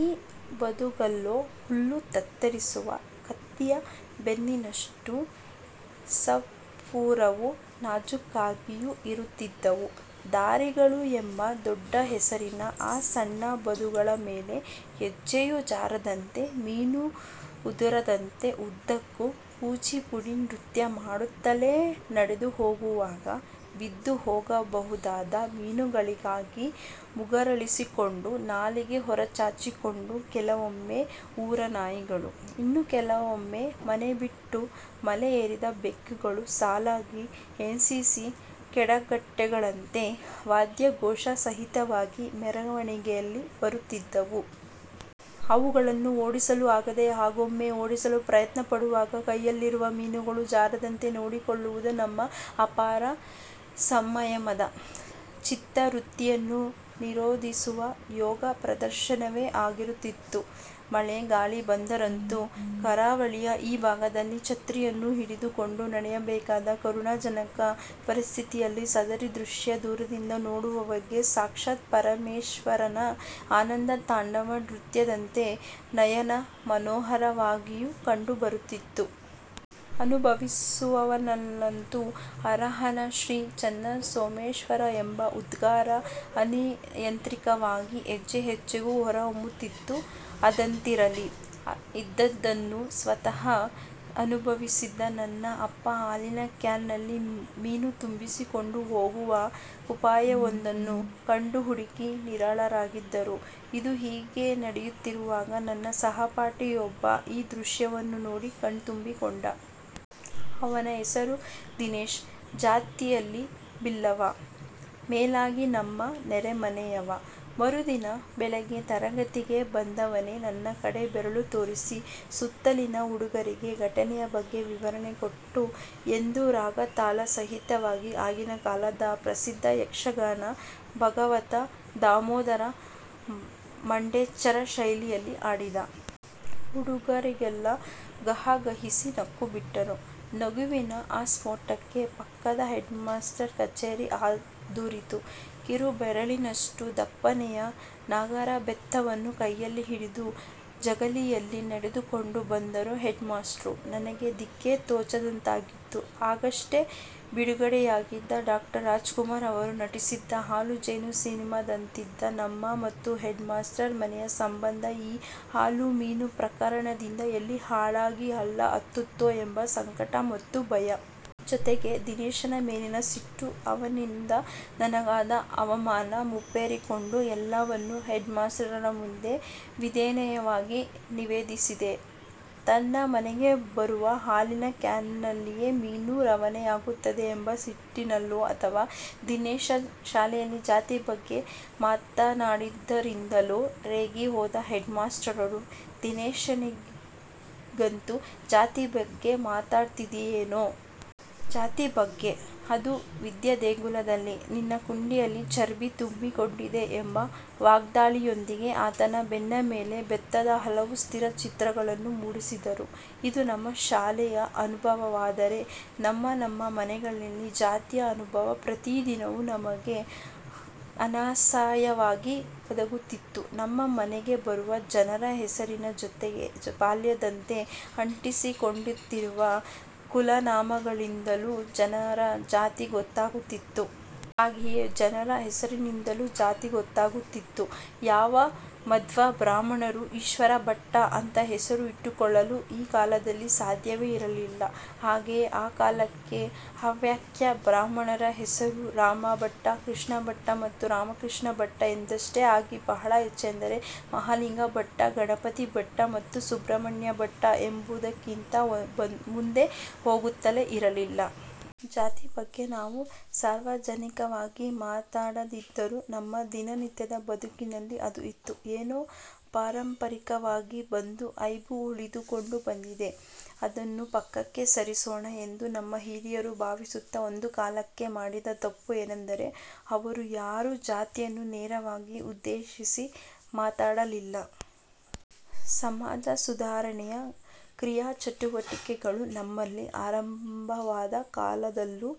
ಆ ಬದುಗಳೋ ಹುಲ್ಲು ಕತ್ತರಿಸುವ ಕತ್ತಿಯ ಬೆನ್ನಿನಷ್ಟು ಸಪೂರವೂ ನಾಜೂಕಾಗಿಯೂ ಇರುತ್ತಿದ್ದವು. ದಾರಿಗಳು ಎಂಬ ದೊಡ್ಡಹೆಸರಿನ ಆ ಸಣ್ಣಬದುಗಳ ಮೇಲೆ ಹೆಜ್ಜೆಯೂ ಜಾರದಂತೆ, ಮೀನೂ ಉದುರದಂತೆ ಉದ್ದಕ್ಕೂ ಕೂಚಿಪುಡಿ ನೃತ್ಯ ಮಾಡುತ್ತಲೇ ನಡೆದು ಹೋಗುವಾಗ; ಬಿದ್ದು ಹೋಗಬಹುದಾದ ಮೀನುಗಳಿಗಾಗಿ ಮೂಗರಳಿಸಿಕೊಂಡು ನಾಲಗೆ ಹೊರಚಾಚಿಕೊಂಡು ಕೆಲವೊಮ್ಮೆ ಊರನಾಯಿಗಳು, ಇನ್ನು ಕೆಲವೊಮ್ಮೆ ಮನೆಬಿಟ್ಟು ಮಲೆ ಏರಿದ ಬೆಕ್ಕುಗಳು ಸಾಲಾಗಿ ಎನ್ ಸಿ ಸಿ ಕೆಡೆಟ್ ಗಳಂತೆ ವಾದ್ಯಘೋಷ ಸಹಿತವಾಗಿ ಮೆರವಣಿಗೆಯಲ್ಲಿ ಬರುತ್ತಿದ್ದವು. ಅವುಗಳನ್ನು ಓಡಿಸಲೂ ಆಗದೆ, ಹಾಗೊಮ್ಮೆ ಓಡಿಸಲು ಪ್ರಯತ್ನ ಪಡುವಾಗ ಕೈಯಲ್ಲಿರುವ ಮೀನುಗಳೂ ಜಾರದಂತೆ ನೋಡಿಕೊಳ್ಳುವುದು ನಮ್ಮ ಅಪಾರ ಸಂಯಮದ, ಚಿತ್ತವೃತ್ತಿಯನ್ನು ನಿರೋಧಿಸುವ ಯೋಗ ಪ್ರದರ್ಶನವೇ ಆಗಿರುತ್ತಿತ್ತು. ಮಳೆ-ಗಾಳಿ ಬಂದರಂತೂ ಕರಾವಳಿಯ ಈ ಭಾಗದಲ್ಲಿ ಛತ್ರಿಯನ್ನೂ ಹಿಡಿದುಕೊಂಡು ನಡೆಯಬೇಕಾದ ಕರುಣಾಜನಕ ಪರಿಸ್ಥಿತಿಯಲ್ಲಿ ಸದರಿ ದೃಶ್ಯ ದೂರದಿಂದ ನೋಡುವವರಿಗೆ ಸಾಕ್ಷಾತ್ ಪರಮೇಶ್ವರನ ಆನಂದ ತಾಂಡವ ನೃತ್ಯದಂತೆ ನಯನಮನೋಹರವಾಗಿಯೂ ಕಂಡುಬರುತ್ತಿತ್ತು. ಅನುಭವಿಸುವವನಲ್ಲಂತೂ ಹರಹರಾ ಶ್ರೀ ಚೆನ್ನಸೋಮೇಶ್ವರ ಎಂಬ ಉದ್ಗಾರ ಅನಿಯಂತ್ರಿತವಾಗಿ ಹೆಜ್ಜೆಹೆಜ್ಜೆಗೂ ಹೊರಹೊಮ್ಮುತ್ತಿತ್ತು ಅದಂತಿರಲಿ. ಇಂಥದ್ದನ್ನು ಸ್ವತಃ ಅನುಭವಿಸಿದ್ದ ನನ್ನ ಅಪ್ಪ ಹಾಲಿನ ಕ್ಯಾನ್ ನಲ್ಲಿ ಮೀನು ತುಂಬಿಸಿಕೊಂಡು ಹೋಗುವ ಉಪಾಯವೊಂದನ್ನು ಕಂಡು ಹುಡುಕಿ ನಿರಾಳರಾಗಿದ್ದರು. ಇದು ಹೀಗೇ ನಡೆಯುತ್ತಿರುವಾಗ ನನ್ನ ಸಹಪಾಠಿಯೊಬ್ಬ ಈ ದೃಶ್ಯವನ್ನು ನೋಡಿ ಕಣ್ಣು ತುಂಬಿಕೊಂಡ. ಅವನ ಹೆಸರು ದಿನೇಶ. ಜಾತಿಯಲ್ಲಿ ಬಿಲ್ಲವ. ಮೇಲಾಗಿ ನಮ್ಮ ನೆರೆಮನೆಯವ. ಮರುದಿನ ಬೆಳಿಗ್ಗೆ ತರಗತಿಗೆ ಬಂದವನೇ ನನ್ನ ಕಡೆ ಬೆರಳು ತೋರಿಸಿ, ಸುತ್ತಲಿನ ಹುಡುಗರಿಗೆ ಘಟನೆಯ ಬಗ್ಗೆ ವಿವರಣೆ ಕೊಟ್ಟು- – ಎಂದು ರಾಗ ತಾಳ ಸಹಿತವಾಗಿ ಆಗಿನ ಕಾಲದ ಪ್ರಸಿದ್ಧ ಯಕ್ಷಗಾನ ಭಾಗವತ ದಾಮೋದರ ಮಂಡೆಚ್ಚರ ಶೈಲಿಯಲ್ಲಿ ಹಾಡಿದ. ಹುಡುಗರೆಲ್ಲ ಗಹಗಹಿಸಿ ನಕ್ಕುಬಿಟ್ಟರು. ನಗುವಿನ ಆಸ್ಫೋಟಕ್ಕೆ ಪಕ್ಕದ ಹೆಡ್ ಮಾಸ್ಟ್ರ ಕಛೇರಿ ಅದುರಿತು. ಕಿರುಬೆರಳಿನಷ್ಟು ದಪ್ಪನೆಯ ನಾಗರಬೆತ್ತವನ್ನು ಕೈಯಲ್ಲಿ ಹಿಡಿದು ಜಗಲಿಯಲ್ಲಿ ನಡೆದುಕೊಂಡು ಬಂದರು ಹೆಡ್ ಮಾಸ್ಟ್ರು. ನನಗೋ ದಿಕ್ಕೇ ತೋಚದಂತಾಗಿತ್ತು. ಆಗಷ್ಟೇ ಬಿಡುಗಡೆಯಾಗಿದ್ದ ಡಾ. ರಾಜ್ ಕುಮಾರ್ ರವರು ನಟಿಸಿದ್ದ ಹಾಲು-ಜೇನು ಸಿನಿಮಾದಂತಿದ್ದ ನಮ್ಮ ಮತ್ತು ಹೆಡ್ ಮಾಸ್ಟ್ರ ಮನೆಯ ಸಂಬಂಧ ಈ ಹಾಲು-ಮೀನು ಪ್ರಕರಣದಿಂದ ಎಲ್ಲಿ ಹಾಳಾಗಿ ಹಳ್ಳ ಹತ್ತುತ್ತೋ ಎಂಬ ಸಂಕಟ ಮತ್ತು ಭಯ. ಜೊತೆಗೆ ದಿನೇಶನ ಮೇಲಿನ ಸಿಟ್ಟು, ಅವನಿಂದ ನನಗಾದ ಅವಮಾನ ಮುಪ್ಪುರಿಗೊಂಡು ಎಲ್ಲವನ್ನೂ ಹೆಡ್ ಮಾಸ್ಟರರ ಮುಂದೆ ವಿಧೇಯನಾಗಿ ನಿವೇದಿಸಿದೆ. ತನ್ನ ಮನೆಗೆ ಬರುವ ಹಾಲಿನ ಕ್ಯಾನಿನಲ್ಲೇ ಮೀನೂ ರವಾನೆಯಾಗುತ್ತದೆ ಎಂಬ ಸಿಟ್ಟಿನಲ್ಲೋ ಅಥವ ದಿನೇಶ ಶಾಲೆಯಲ್ಲಿ ಜಾತಿ ಬಗ್ಗೆ ಮಾತಾಡಿದ್ದರಿಂದಲೋ ರೇಗಿ ಹೋದ ಹೆಡ್ ಮಾಸ್ಟರರು ದಿನೇಶನಿಗಂತೂ "ಜಾತಿ ಬಗ್ಗೆ ಮಾತಾಡ್ತಿಯೇನೋ. ಜಾತಿ ಬಗ್ಗೆ. ಅದೂ ವಿದ್ಯಾ ದೇಗುಲದಲ್ಲಿ. ನಿನ್ನ ಕುಂಡೆಯಲ್ಲಿ ಚರ್ಬಿ ತುಂಬಿಕೊಂಡಿದೆ" ಎಂಬ ವಾಗ್ದಾಳಿಯೊಂದಿಗೆ ಆತನ ಬೆನ್ನ ಮೇಲೆ ಬೆತ್ತದ ಹಲವು ಸ್ಥಿರ ಚಿತ್ರಗಳನ್ನು ಮೂಡಿಸಿದ್ದರು. ಇದು ನಮ್ಮ ಶಾಲೆಯ ಅನುಭವವಾದರೆ ನಮ್ಮನಮ್ಮ ಮನೆಗಳಲ್ಲಿ ಜಾತಿಯ ಅನುಭವ ಪ್ರತಿದಿನವೂ ನಮಗೆ ಅನಾಯಾಸವಾಗಿ ಒದಗುತ್ತಿತ್ತು. ನಮ್ಮ ಮನೆಗೆ ಬರುವ ಜನರ ಹೆಸರಿನ ಜೊತೆ ಬಾಲದಂತೆ ಅಂಟಿಕೊಂಡಂತಿರುವ ಕುಲನಾಮಗಳಿಂದಲೂ ಜನರ ಜಾತಿ ಗೊತ್ತಾಗುತ್ತಿತ್ತು. ಹಾಗೆಯೇ ಜನರ ಹೆಸರಿನಿಂದಲೂ ಜಾತಿ ಗೊತ್ತಾಗುತ್ತಿತ್ತು. ಯಾವ ಮಾಧ್ವ ಬ್ರಾಹ್ಮಣರೂ ಈಶ್ವರ ಭಟ್ಟ ಅಂತ ಹೆಸರು ಇಟ್ಟುಕೊಳ್ಳಲು ಆ ಕಾಲದಲ್ಲಿ ಸಾಧ್ಯವೇ ಇರಲಿಲ್ಲ. ಹಾಗೆಯೇ ಆ ಕಾಲಕ್ಕೆ ಹವ್ಯಕ ಬ್ರಾಹ್ಮಣರ ಹೆಸರು ರಾಮ ಭಟ್ಟ, ಕೃಷ್ಣ ಭಟ್ಟ ಮತ್ತು ರಾಮಕೃಷ್ಣ ಭಟ್ಟ ಎಂದಷ್ಟೇ ಆಗಿ ಬಹಳ ಹೆಚ್ಚೆಂದರೆ ಮಹಾಲಿಂಗ ಭಟ್ಟ, ಗಣಪತಿ ಭಟ್ಟ ಮತ್ತು ಸುಬ್ರಹ್ಮಣ್ಯ ಭಟ್ಟ ಎಂಬುದಕ್ಕಿಂತ ಮುಂದೆ ಹೋಗುತ್ತಲೇ ಇರಲಿಲ್ಲ. ಜಾತಿ ಬಗ್ಗೆ ನಾವು ಸಾರ್ವಜನಿಕವಾಗಿ ಮಾತಾಡದಿದ್ದರೂ ನಮ್ಮ ದಿನನಿತ್ಯದ ಬದುಕಿನಲ್ಲಿ ಅದು ಇತ್ತು. ಏನೋ ಪಾರಂಪರಿಕವಾಗಿ ಒಂದು ಐಬು ಉಳಿದುಕೊಂಡು ಬಂದಿದೆ. ಅದನ್ನು ಪಕ್ಕಕ್ಕೆ ಸರಿಸೋಣ ಎಂದು ನಮ್ಮ ಹಿರಿಯರು ಭಾವಿಸುತ್ತ ಒಂದು ಕಾಲಕ್ಕೆ ಮಾಡಿದ ತಪ್ಪು ಏನೆಂದರೆ ಅವರು ಯಾರೂ ಜಾತಿಯನ್ನು ನೇರವಾಗಿ ಉದ್ದೇಶಿಸಿ ಮಾತಾಡಲಿಲ್ಲ. ಸಮಾಜಸುಧಾರಣೆಯ ಕ್ರಿಯಾಚಟುವಟಿಕೆಗಳು ನಮ್ಮಲ್ಲಿ ಆರಂಭವಾದ ಕಾಲದಲ್ಲೂ,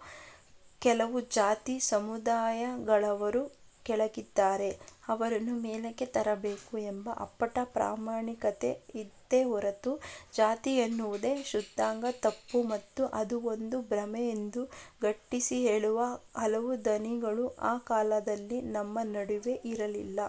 'ಕೆಲವು ಜಾತಿ ಸಮುದಾಯಗಳವರು ಕೆಳಗಿದ್ದಾರೆ, ಅವರನ್ನು ಮೇಲಕ್ಕೆ ತರಬೇಕು' ಎಂಬ ಅಪ್ಪಟ ಪ್ರಾಮಾಣಿಕತೆ ಇತ್ತೇ ಹೊರತು, ಜಾತಿ ಎನ್ನುವುದೇ ಶುದ್ಧಾಂಗ ತಪ್ಪು ಮತ್ತು ಅದು ಒಂದು ಭ್ರಮೆ ಎಂದು ಗಟ್ಟಿಸಿ ಹೇಳುವ ಹಲವು ಧ್ವನಿಗಳು ಆ ಕಾಲದಲ್ಲಿ ನಮ್ಮ ನಡುವೆ ಇರಲಿಲ್ಲ.